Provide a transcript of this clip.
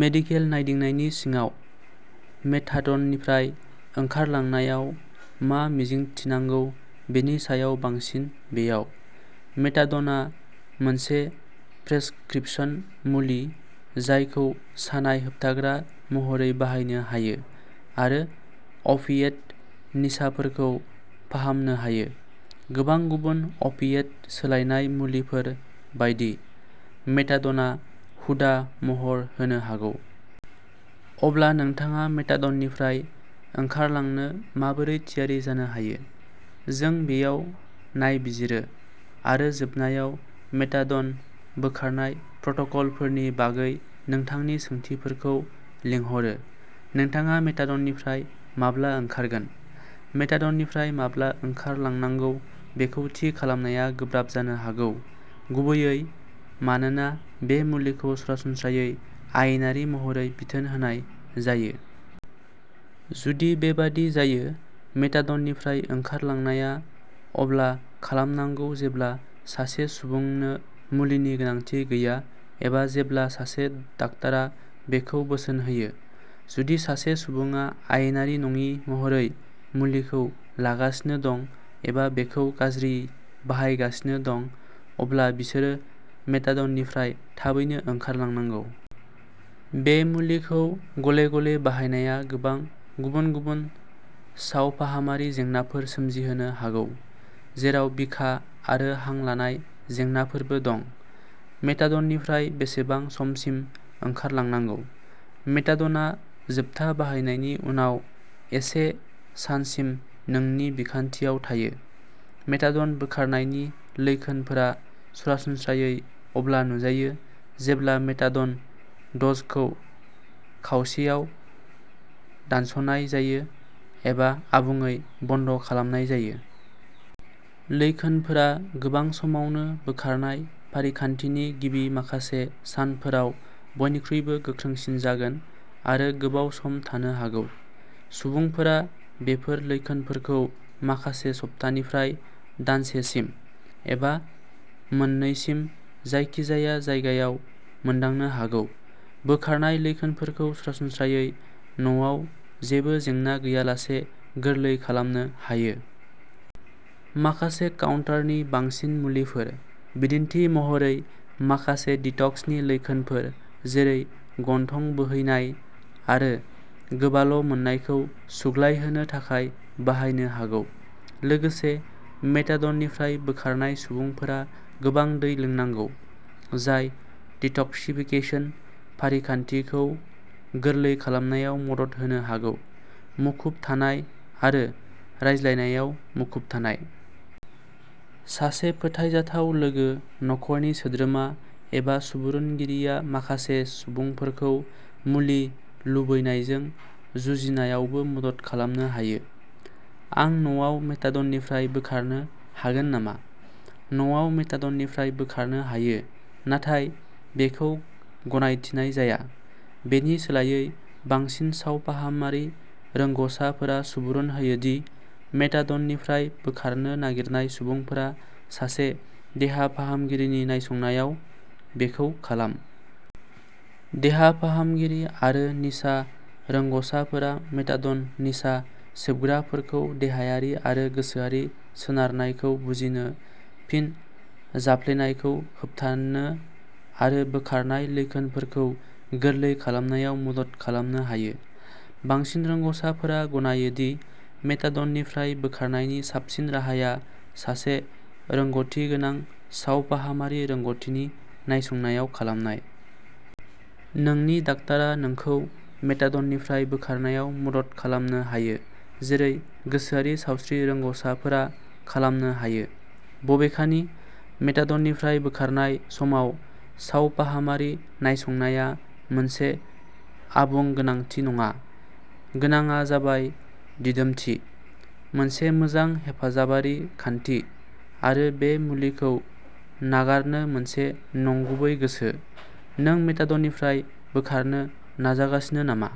Medical नायदिंनायनि सिङाव। मेथाडननिफ्राय ओंखारलांनायाव मा मिजिंथिनांगौ बेनि सायाव बांसिन बेयाव। मेथाडनआ मोनसे प्रेसक्रिप्शन मुलि जायखौ सानाय होबथाग्रा महरै बाहायनो हायो आरो अफिएट निसाफोरखौ फाहामनो हायो। गोबां गुबुन अफिएट सोलायनाय मुलिफोर बायदि, मेथाडनआ हुदा महर होनो हागौ। अब्ला नोंथाङा मेथाडननिफ्राय ओंखारलांनो माबोरै थियारि जानो हायो? जों बेयाव नायबिजिरो, आरो जोबनायाव मेथाडन बोखारनाय प्रट'कलफोरनि बागै नोंथांनि सोंथिफोरखौ लिंहरो। नोंथाङा मेथाडननिफ्राय माब्ला ओंखारगोन? मेथाडननिफ्राय माब्ला ओंखारलांनांगौ बेखौ थि खालामनाया गोब्राब जानो हागौ, गुबैयै मानोना बे मुलिखौ सरासनस्रायै आयेनारि महरै बिथोन होनाय जायो। जुदि बेबादि जायो, मेथाडननिफ्राय ओंखारलांनाया अब्ला खालामनांगौ जेब्ला सासे सुबुंनो मुलिनि गोनांथि गैया एबा जेब्ला सासे डाक्टारा बेखौ बोसोन होयो। जुदि सासे सुबुङा आयेनारि नङि महरै मुलिखौ लागासिनो दं एबा बेखौ गाज्रि बाहायगासिनो दं, अब्ला बिसोरो मेथाडननिफ्राय थाबैनो ओंखारलांनांगौ। बे मुलिखौ गले-गले बाहायनाया गोबां गुबुन-गुबुन सावफाहामारि जेंनाफोर सोमजिहोनो हागौ, जेराव बिखा आरो हां लानाय जेंनाफोरबो दं। मेथाडननिफ्राय बेसेबां समसिम ओंखारलांनांगौ? मेथाडनआ जोबथा बाहायनायनि उनाव एसे सानसिम नोंनि बिखानथियाव थायो। मेथाडन बोखारनायनि लैखोनफोरा सरासनस्रायै अब्ला नुजायो जेब्ला मेथाडन द'जखौ खावसेयाव दानस'नाय जायो एबा आबुङै बन्द'खालामनाय जायो। लैखोनफोरा गोबां समावनो बोखारनाय फारिखान्थिनि गिबि माखासे सानफोराव बयनिख्रुइबो गोख्रोंसिन जागोन आरो गोबाव सम थानो हागौ। सुबुंफोरा बेफोर लैखोनफोरखौ माखासे सप्तानिफ्राय दानसेसिम, एबा मोननैसिम जायखिजाया जायगायाव मोनदांनो हागौ। बोखारनाय लैखोनफोरखौ सरासनस्रायै न'आव जेबो जेंना गैयालासे गोरलै खालामनो हायो। माखासे काउन्टार-नि-बांसिन मुलिफोर, बिदिन्थि महरै, माखासे डिटक्सनि लैखोनफोर जेरै गन्थं बोहैनाय आरो गोबाल'मोननायखौ सुग्लायहोनो थाखाय बाहायनो हागौ। लोगोसे, मेथाडननिफ्राय बोखारनाय सुबुंफोरा गोबां दै लोंनांगौ, जाय डिट'क्सिफिकेसन फारिखान्थिखौ गोरलै खालामनायाव मदद होनो हागौ। मुखुब थानाय आरो रायज्लायनायाव मुखुब थानाय। सासे फोथायजाथाव लोगो, नखरनि सोद्रोमा, एबा सुबुरुनगिरिआ माखासे सुबुंफोरखौ मुलि लुबैनायजों जुजिनायावबो मदद खालामनो हायो। आं न'आव मेथाडननिफ्राय बोखारनो हागोन नामा? न'आव मेथाडननिफ्राय बोखारनो हायो, नाथाय बेखौ गनायथिनाय जाया। बेनि सोलायै, बांसिन सावफाहामारि रोंग'साफोरा सुबुरुन होयो दि मेथाडननिफ्राय बोखारनो नागिरनाय सुबुंफोरा सासे देहा फाहामगिरिनि नायसंनायाव बेखौ खालाम। देहा फाहामगिरिफोर आरो निसा रोंग'साफोरा मेथाडन निसा सोबग्राफोरखौ देहायारि आरो गोसोआरि सोनारनायखौ बुजिनो, फिन जाफ्लेनायखौ होबथानो, आरो बोखारनाय लैखोनफोरखौ गोरलै खालामनायाव मदद खालामनो हायो। बांसिन रोंग'साफोरा गनायो दि मेथाडननिफ्राय बोखारनायनि साबसिन राहाया सासे रोंग'थिगोनां सावफाहामारि रोंग'थिनि नायसंनायाव खालामनाय। नोंनि डाक्टारआ नोंखौ मेथाडननिफ्राय बोखारनायाव मदद खालामनो हायो, जेरै गोसोआरि सावस्रि रोंग'साफोरा खालामनो हायो। बबेखानि, मेथाडननिफ्राय बोखारनाय समाव सावफाहामारि नायसंनाया मोनसे आबुं गोनांथि नङा। गोनांआ जाबाय दिदोमथि, मोनसे मोजां हेफाजाबारि खान्थि, आरो बे मुलिखौ नागारनो मोनसे नंगुबै गोसो। नों मेथाडननिफ्राय बोखारनो नाजागासिनो नामा?